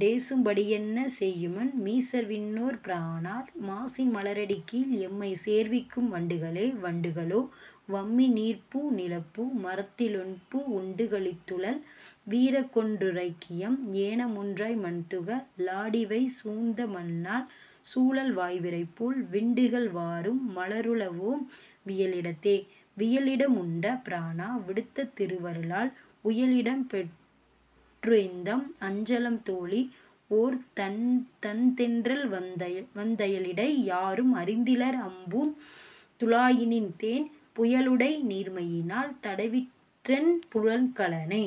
டேசும் படியன்ன செய்யுமெம் மீசர்விண் ணோர்பிரானார் மாசின் மலரடிக் கீழ், எம்மைச் சேர்விக்கும் வண்டுகளே வண்டுக ளோ. வம்மின் நீர்ப்பூ நிலப்பூ மரத்திலொண்பூ, உண்டுகளித்துழல் வீர்க்கொன்றுரைக்கியம், ஏனமொன்றாய் மண்துக ளாடிவை சூழ்ந்தமன்னாள்குழல் வாய்விரைபோல் விண்டுகள் வாரும், மலருள வோம் வியலிடத்தே? வியலிட முண்ட பிரானா விடுத்த திருவருளால், உயலிடம் பெற்றுய்ந்தம் அஞ்சலம் தோழி, ஓர் தண்தென்றல்வந் தயலிடை யாரும் அறிந்திலர் அம்பூந் துழாயினின்தேன் புயலுடை நீர்மையி னால், தடவிற்றென் புலன்கலனே.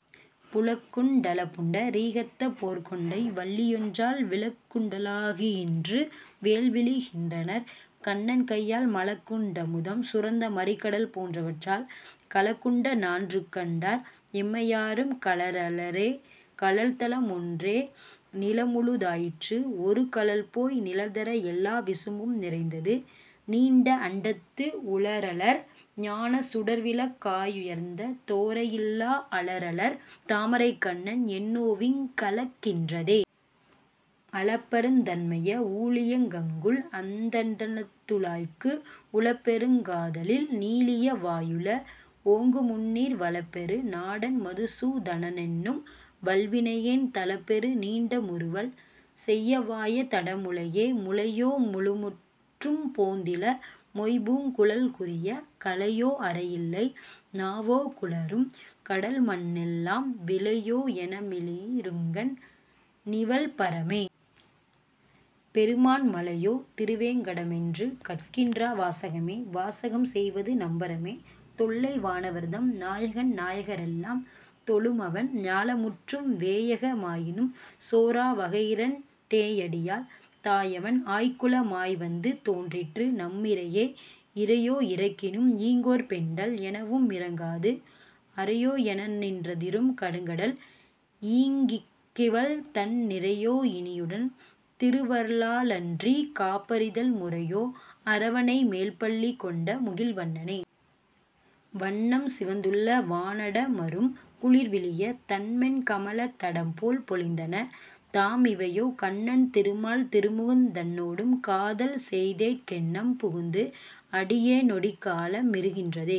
புலக்குண் டலப்புண்ட ரீகத்த போர்க்கொண்டை, வல்லியொன்றால் விலக்குண் டுலாகின்று வேல்விழிக் கின்றன, கண்ணன் கையால் மலக்குண் டமுதம் சுரந்த மறிகடல் போன்றவற்றால் கலக்குண்ட நான்றுகண் டார், எம்மை யாரும் கழறலரே. கழல்தலம் ஒன்றே நிலமுழு தாயிற்று, ஒருகழல்போய் நிழல்தர எல்லா விசும்பும் நிறைந்தது, நீண்ட அண்டத்து உழறலர் ஞானச் சுடர்விளக் காயுயர்ந் தோரையில்லா அழறலர் தாமரைக் கண்ணன், என்னோவிங் களக்கின்றதே? அளப்பருந் தன்மைய ஊழியங் கங்குல், அந் தண்ணந்துழாய்க்கு உளப்பெருங் காதலில் நீளிய வாயுள, ஓங்குமுந்நீர் வளப்பெரு நாடன் மதுசூ தனனென்னும் வல்வினையேன் தளப்பெரு நீண்டமுறு வல், செய்யவாய தடமுலையே. முலையோ முழுமுற்றும் போந்தில, மொய்பூங் குழல்குறிய கலையோ அரையில்லை நாவோகுழறும், கடல்மண்ணெல்லாம் விலையோ எனமிளி ருங்கண் ணிவள்பர மே. பெருமான் மலையோ திருவேங் கடமென்று கற்கின்றா வாசகமே? வாசகம் செய்வது நம்பரமே?, தொல்லை வானவர்தம் நாயகன் நாயக ரெல்லாம் தொழுமவன், ஞாலமுற்றும் வேயக மாயினும் சோரா வகையிரண் டேயடியால் தாயவன், ஆய்க்குல மாய்வந்து தோன்றிற்று நம்மிறையே. இறையோ இரக்கினும் ஈங்கோர்பெண்டால், என வும்மிரங்காது, அறையோ. எனநின் றதிரும் கருங்கடல், ஈங்க்கிவள்தன் நிறையோ இனியுன் திருவருளாலன்றிக் காப்பரிதால் முறையோ, அரவணை மேல்பள்ளி கொண்ட முகில்வண்ணனே. வண்ணம் சிவந்துள வானாடமரும் குளிர்விழிய, தண்மென் கமலத் தடம்போல் பொலிந்தன, தாமிவையோ கண்ணன் திருமால் திருமுகந் தன்னொடும் காதல்செய்தேற் கெண்ணம் புகுந்து, அடி யேனொடிக் கால மிருகின்றதே.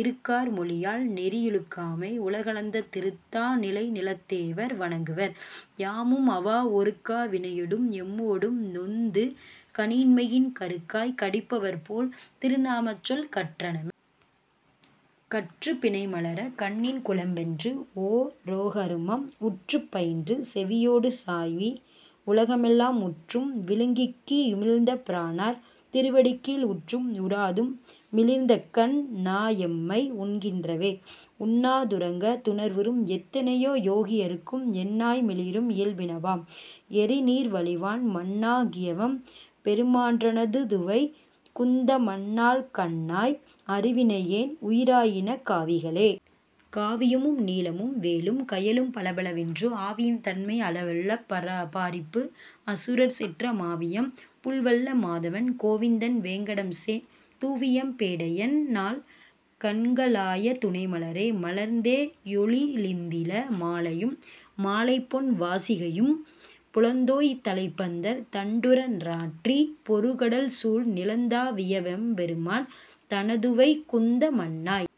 இருக்கார் மொழியால் நெறியிழுக்காமை, உலகளந்த திருத்தா ளிணைநிலத் தேவர் வணங்குவர், யாமும் அவா ஒருக்கா வினையடும் எம்மொடும் நொந்து கனியின்மையின் கருக்காய் கடிப்பவர் போல், திருநாமச்சொல் கற்றனமே. கற்றுப் பிணைமலர்க் கண்ணின் குலம்வென்று, ஓ ரோகருமம் உற்றுப் பயின்று செவியொடு சாவி, உலகமெல்லாம் முற்றும் விழுங்க்கி யுமிழ்ந்த பிரானார் திருவடிக்கீழ் உற்றும் உறாதும், மிளீர்ந்தகண் ணாயெம்மை உண்கின்றவே. உண்ணா துறங்கா துணர்வுறும் எத்தனை யோகியர்க்கும் எண்ணாய் மிளிரும் இயல்பினவாம், எரி நீர்வளிவான் மண்ணா கியவெம் பெருமான்றனதுவை குந்தமன்னாள் கண்ணாய் அருவினை யேன், உயிராயின காவிகளே. காவியும் நீலமும் வேலும் கயலும் பலபலவென்று, ஆவியின் தன்மை அளவல்ல பாரிப்பு, அசுரர்செற்ற மாவியம் புள்வல்ல மாதவன் கோவிந்தன் வேங்கடம்சேர் தூவியம் பேடையன் னாள், கண்களாய துணைமலரே. மலர்ந்தே யொழிலிந்தில மாலையும் மாலைபொன் வாசிகையும் புலந்தோய் தழைப்பந்தர் தண்டுற நாற்றி, பொருகடல்சூழ் நிலந்தா வியவெம் பெருமான் தனதுவை குந்தமன்னாய்.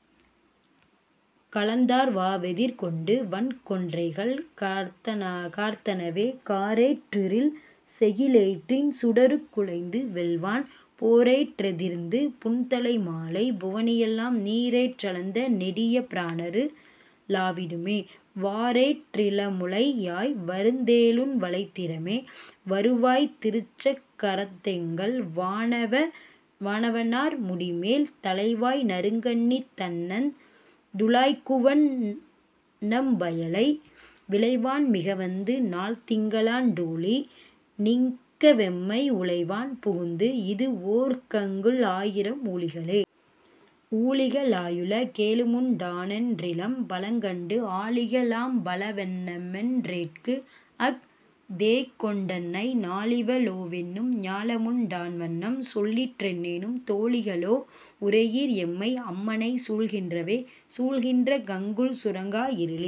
கலந்தார் வவெதிர் கொண்டு, வன் கொன்றைகள் கார்த்தனவே. காரேற் றிருள்செகி லேற்றின் சுடருக் குளைந்து, வெல்வான் போரேற் றெதிர்ந்தது புன்தலை மாலை, புவனியெல்லாம் நீரேற் றளந்த நெடிய பிரானரு ளாவிடுமே? வாரேற் றிளமுலை யாய், வருந்தேலுன் வளைத்திறமே. வளைவாய்த் திருச்சக் கரத்தெங்கள் வானவ னார்முடிமேல், தளைவாய் நறுங்கண்ணித் தண்ணந் துழாய்க்குவண் ணம்பயலை, விளைவான் மிகவந்து நாள்திங்க ளாண்டூழி நிற்கவெம்மை உளைவான் புகுந்து, இது வோர்கங்குல் ஆயிரம் ஊழிகளே. ஊழிக ளாயுல கேழுமுண் டானென் றிலம், பழங்கண்டு ஆழிக ளாம்பழ வண்ணமென் றேற்க்கு, அஃ தேகொண்டன்னை நாழிவ ளோவெனும் ஞாலமுண் டான்வண்ணம் சொல்லிற்றென்னும் தோழிக ளோ. உரை யீர், எம்மை அம்மனை சூழ்கின்றவே. சூழ்க்கின்ற கங்குல் சுருங்கா இருளின்